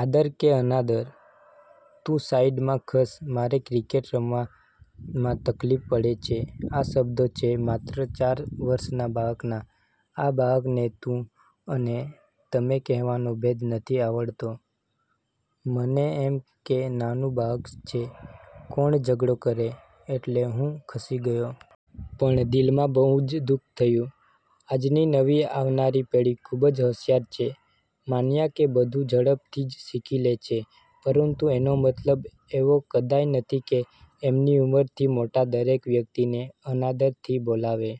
આદર કે અનાદર? તું સાઈડ માં ખસ મારે ક્રિકેટ રમવામાં તકલીફ પડે છે આ શબ્દો છે માત્ર ચાર વર્ષ ના બાળક ના. આ બાળક ને તું અને તમે કહેવાનો ભેદ નથી આવડતો, મને એમ કે નાનું બાળક છે કોણ ઝઘડો કરે એટલે હું ખસી ગયો. પણ દિલ માં બહુ જ દુઃખ થયું, આજની નવી આવનારી પેઠી ખુબ જ હોશિયાર છે માન્યા કે, બધું ઝડપથી જ શીખી લે છે, પરંતુ એનો મતલબ એવો કદાય નથી કે એમની ઉમર થી મોટા દરેક વ્યક્તિ ને અનાદર થી બોલાવે?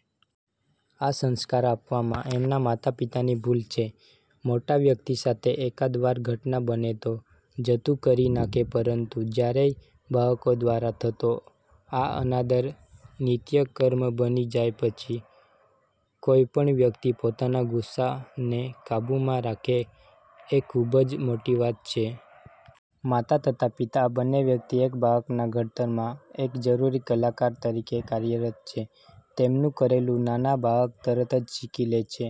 આ સંસ્કાર આપવામાં એમના માતા પિતા ની ભૂલ છે. મોટા વ્યકતિ સાથે એકાદ વાર ઘટના બને તો જતું કરી નાખે પરંતુ જયારે બાળકો દ્વારા થતો આ અનાદર નિત્યક્રમ બની જાય પછી કોઈ પણ વ્યક્તિ પોતાના ગુસ્સા ને કાબુ માં રાખે એ ખુબ જ મોટી વાત છે. માતા તથા પિતા આ બંને વ્યક્તિ એક બાળક ના ઘડતર માં એક જરૂરી કલાકાર તરીકે કાર્યરત છે. તેમનું કરેલું નાના બાળક તરત જ શીખી લે છે,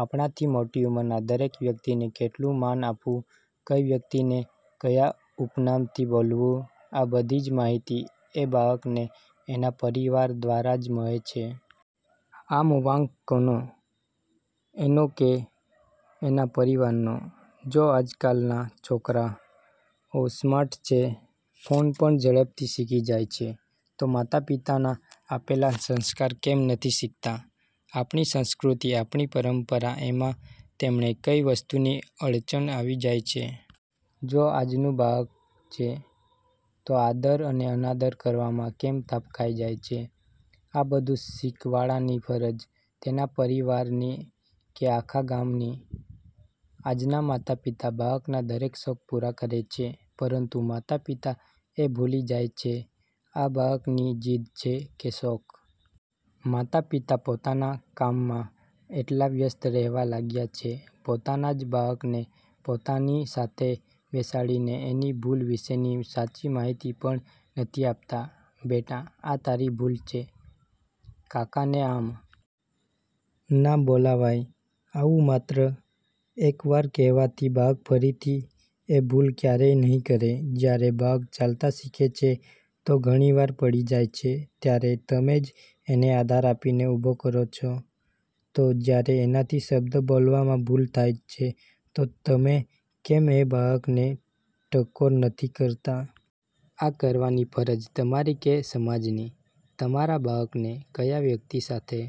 આપણા થી મોટી ઉમર ના દરેક વ્યક્તિને કેટલું માન આપવું કઈ વ્યક્તિ ને ક્યાં ઉપનામ થી બોલવું, આ બધી જ માહિતી એ બાળક ને એના પરિવાર દ્વારા જ મળે છે. આમ વાંક કોનો? એનો કે એના પરિવાર નો? જો આજકાલ ના છોકરા ઓ સ્માર્ટ છે? ફોન પણ ઝડપથી શીખી જાય છે તો માતા પિતાના આપેલા સંસ્કાર કેમ નથી શીખતાં? આપણી સંસ્કૃતિ, આપણી પરંપરા એમાં તેમને કઈ વસ્તુની અડચણ આવી જાય છે. જો આજ નું બાળક છે તો આદર અને અનાદર કરવામાં કેમ થાપ ખાઈ જાય છે. આ બધું શીખવાડાની ફરજ તેના પરિવાર ની કે આખા ગામ ની? આજ ના માતા પિતા બાળકના દરેક શોખ પૂરા કરે છે પરંતુ માતા પિતા એ ભૂલી જાય છે આ બાળક ની જીદ છે કે શોખ? માતા પિતા પોતાના કામ માં એટલા વ્યસ્ત રહેવા લાગ્યા છે પોતાના જ બાળક ને પોતાની સાથે બેસાડીને એની ભૂલ વિશેની સાચી માહિતી પણ નથી આપતા, "બેટા આ તારી ભૂલ છે કાકા ને આમ ના બોલાવાય" આવું માત્ર એક વાર કહેવાથી બાળક ફરીથી એ ભૂલ ક્યારેય નહિ કરે, જયારે બાળક ચાલતા શીખે છે તો ઘણી વાર પડી જાય છે, ત્યારે તમે જ એને આધાર આપીને ઉભો કરો છો, તો જયારે એનાથી શબ્દ બોલવામાં ભૂલ થાય છે તો તમે કેમ એ બાળક ને ટકોર નથી કરતા? આ કરવાની ફરજ તમારી કે સમાજ ની? તમારા બાળકને ક્યાં વ્યક્તિ સાથે